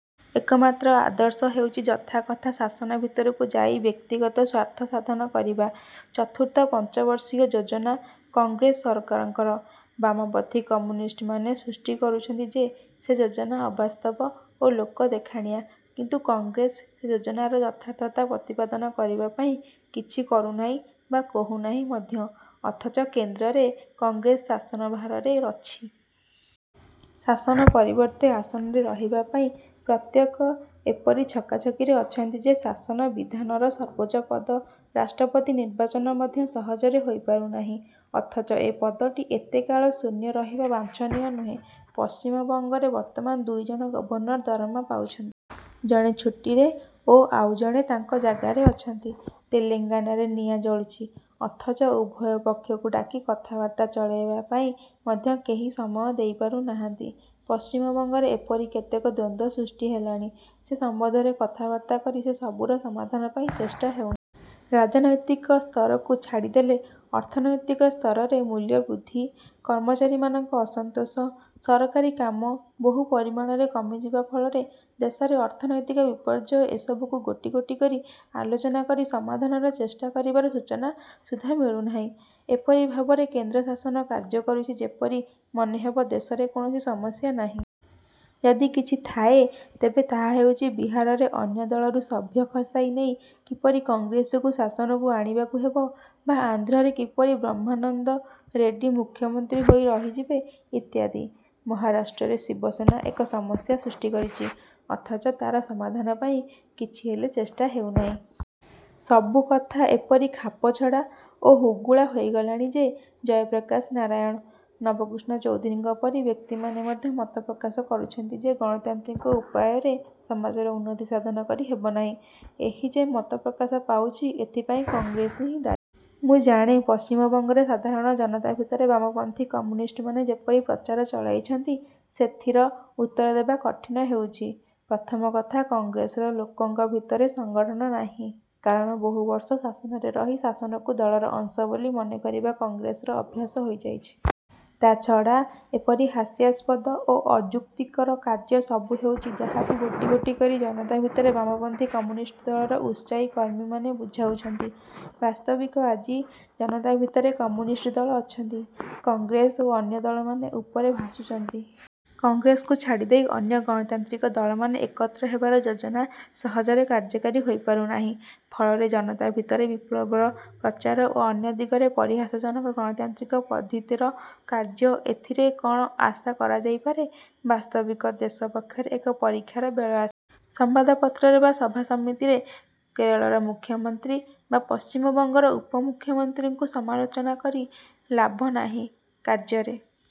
ଏକମାତ୍ର ଆଦର୍ଶ ହେଉଛି ଯଥାକଥା ଶାସନ ଭିତରକୁ ଯାଇ ବ୍ୟକ୍ତିଗତ ସ୍ୱାର୍ଥ ସାଧନ କରିବା। ଚତୁର୍ଥ ପଞ୍ଚବର୍ଷୀୟ ଯୋଜନା କଂଗ୍ରେସ ସରକାରଙ୍କର। ବାମପନ୍ଥୀ କମ୍ୟୁନିଷ୍ଟମାନେ ସୃଷ୍ଟି କରୁଛନ୍ତି ଯେ ସେ ଯୋଜନା ଅବାସ୍ତବ ଓ ଲୋକଦେଖାଣିଆ। କିନ୍ତୁ କଂଗ୍ରେସ ସେ ଯୋଜନାର ଯଥାର୍ଥତା ପ୍ରତିପାଦନ କରିବା ପାଇଁ କିଛି କରୁନାହିଁ ବା କହୁନାହିଁ ମଧ୍ୟ; ଅଥଚ କେନ୍ଦ୍ରରେ କଂଗ୍ରେସ ଶାସନଭାରରେ ଅଛି। ଶାସନ ପରିବର୍ତ୍ତେ ଆସନରେ ରହିବାପାଇଁ ପ୍ରତ୍ୟେକେ ଏପରି ଛକାଛକିରେ ଅଛନ୍ତି ଯେ ଶାସନ ବିଧାନର ସର୍ବୋଚ୍ଚ ପଦ ରାଷ୍ଟ୍ରପତି ନିର୍ବାଚନ ମଧ୍ୟ ସହଜରେ ହୋଇପାରୁ ନାହିଁ। ଅଥଚ ଏ ପଦଟି ଏତେକାଳ ଶୂନ୍ୟ ରହିବା ବାଞ୍ଛନୀୟ ନୁହେଁ। ପଶ୍ଚିମବଙ୍ଗରେ ବର୍ତ୍ତମାନ ଦୁଇଜଣ ଗଭର୍ଣ୍ଣର ଦରମା ପାଉଛନ୍ତି। ଜଣେ ଛୁଟିରେ ଓ ଆଉ ଜଣେ ତାଙ୍କ ଜାଗାରେ ଅଛନ୍ତି। ତେଲେଙ୍ଗାନାରେ ନିଆଁ ଜଳୁଛି; ଅଥଚ ଉଭୟ ପକ୍ଷକୁ ଡାକି କଥାବାର୍ତ୍ତା ଚଳେଇବା ପାଇଁ ମଧ୍ୟ କେହି ସମୟ ଦେଇ ପାରୁନାହାନ୍ତି। ପଶ୍ଚିମବଙ୍ଗରେ ଏପରି କେତେକ ଦ୍ୱନ୍ଦ୍ୱ ସୃଷ୍ଟି ହେଲାଣି, ସେ ସମ୍ବନ୍ଧରେ କଥାବାର୍ତ୍ତା କରି ସେ ସବୁର ସମାଧାନ ପାଇଁ ଚେଷ୍ଟା ହେଉନାହିଁ। ରାଜନୈତିକ ସ୍ତରକୁ ଛାଡ଼ିଦେଲେ ଅର୍ଥନୈତିକ ସ୍ତରରେ ମୂଲ୍ୟ ବୃଦ୍ଧି, କର୍ମଚାରୀମାନଙ୍କ ଅସନ୍ତୋଷ, ସରକାରୀ କାମ ବହୁ ପରିମାଣରେ କମିଯିବା ଫଳରେ ଦେଶରେ ଅର୍ଥନୈତିକ ବିପର୍ଯ୍ୟୟ ଏସବୁକୁ ଗୋଟି ଗୋଟି କରି ଆଲୋଚନା କରି ସମାଧାନର ଚେଷ୍ଟା କରିବାର ସୂଚନା ସୁଦ୍ଧା ମିଳୁନାହିଁ। ଏପରି ଭାବରେ କେନ୍ଦ୍ର ଶାସନ କାର୍ଯ୍ୟ କରୁଛି ଯେପରି ମନେ ହେବ ଦେଶରେ କୌଣସି ସମସ୍ୟା ନାହିଁ। ଯଦି କିଛି ଥାଏ ତେବେ ତାହା ହେଉଛି ବିହାରରେ ଅନ୍ୟ ଦଳରୁ ସଭ୍ୟ ଖସାଇ ନେଇ କିପରି କଂଗ୍ରେସକୁ ଶାସନକୁ ଆଣିବାକୁ ହେବ ବା ଆନ୍ଧ୍ରରେ କିପରି ବ୍ରହ୍ମାନନ୍ଦ ରେଡ଼ି ମୁଖ୍ୟମନ୍ତ୍ରୀ ହୋଇ ରହିଯିବେ ଇତ୍ୟାଦି। ମହାରାଷ୍ଟ୍ରରେ ଶିବସେନା ଏକ ସମସ୍ୟା ସୃଷ୍ଟି କରିଛି। ଅଥଚ ତା'ର ସମାଧାନ ପାଇଁ କିଛି ହେଲେ ଚେଷ୍ଟା ହେଉନାହିଁ। ସବୁ କଥା ଏପରି ଖାପଛଡ଼ା ଓ ହୁଗୁଳା ହୋଇଗଲାଣି ଯେ ଜୟପ୍ରକାଶ ନାରାୟଣ, ନବକୃଷ୍ଣ ଚୌଧୁରୀଙ୍କ ପରି ବ୍ୟକ୍ତିମାନେ ମଧ୍ୟ ମତପ୍ରକାଶ କରୁଛନ୍ତି ଯେ ଗଣତାନ୍ତ୍ରିକ ଉପାୟରେ ସମାଜର ଉନ୍ନତି ସାଧନ କରି ହେବନାହିଁ। ଏହି ଯେ ମତ ପ୍ରକାଶ ପାଉଛି ଏଥିପାଇଁ କଂଗ୍ରେସ ହିଁ ଦାୟୀ। ମୁଁ ଜାଣେ ପଶ୍ଚିମବଙ୍ଗରେ ସାଧାରଣ ଜନତା ଭିତରେ ବାମପନ୍ଥୀ କମ୍ୟୁନିଷ୍ଟମାନେ ଯେପରି ପ୍ରଚାର ଚଳାଇଛନ୍ତି ସେଥିର ଉତ୍ତର ଦେବା କଠିନ ହେଉଛି। ପ୍ରଥମ କଥା କଂଗ୍ରେସର ଲୋକଙ୍କ ଭିତରେ ସଙ୍ଗଠନ ନାହିଁ, କାରଣ ବହୁବର୍ଷ ଶାସନରେ ରହି ଶାସନକୁ ଦଳର ଅଂଶ ବୋଲି ମନେ କରିବା କଂଗ୍ରେସର ଅଭ୍ୟାସ ହୋଇଯାଇଛି। ତା'ଛଡ଼ା ଏପରି ହାସ୍ୟାସ୍ପଦ ଓ ଅଯୁକ୍ତିକର କାର୍ଯ୍ୟ ସବୁ ହେଉଛି ଯାହାକୁ ଗୋଟି ଗୋଟି କରି ଜନତା ଭିତରେ ବାମପନ୍ଥୀ କମ୍ୟୁନିଷ୍ଟ ଦଳର ଉତ୍ସାହୀ କର୍ମୀମାନେ ବୁଝାଉଛନ୍ତି। ବାସ୍ତବିକ ଆଜି ଜନତା ଭିତରେ କମ୍ୟୁନିଷ୍ଟ ଦଳ ଅଛନ୍ତି। କଂଗ୍ରେସ ଓ ଅନ୍ୟ ଦଳମାନେ ଉପରେ ଭାସୁଛନ୍ତି। କଂଗ୍ରେସକୁ ଛାଡ଼ିଦେଇ ଅନ୍ୟ ଗଣତାନ୍ତ୍ରିକ ଦଳମାନେ ଏକତ୍ର ହେବାର ଯୋଜନା ସହଜରେ କାର୍ଯ୍ୟକାରୀ ହୋଇପାରୁନାହିଁ। ଫଳରେ ଜନତା ଭିତରେ ବିପ୍ଳବର ପ୍ରଚାର ଓ ଅନ୍ୟ ଦିଗରେ ପରିହାସଜନକ ଗଣତାନ୍ତ୍ରିକ ପଦ୍ଧିତର କାର୍ଯ୍ୟ। ଏଥିରେ କଅଣ ଆଶା କରାଯାଇପାରେ? ବାସ୍ତବିକ ଦେଶ ପକ୍ଷରେ ଏକ ପରୀକ୍ଷାର ବେଳ ଆସିଛି। ସମ୍ବାଦପତ୍ରରେ ବା ସଭା ସମିତିରେ କେରଳର ମୁଖ୍ୟମନ୍ତ୍ରୀ ବା ପଶ୍ଚିମବଙ୍ଗର ଉପମୁଖ୍ୟମନ୍ତ୍ରୀଙ୍କୁ ସମାଲୋଚନା କରି ଲାଭ ନାହିଁ। କାର୍ଯ୍ୟରେ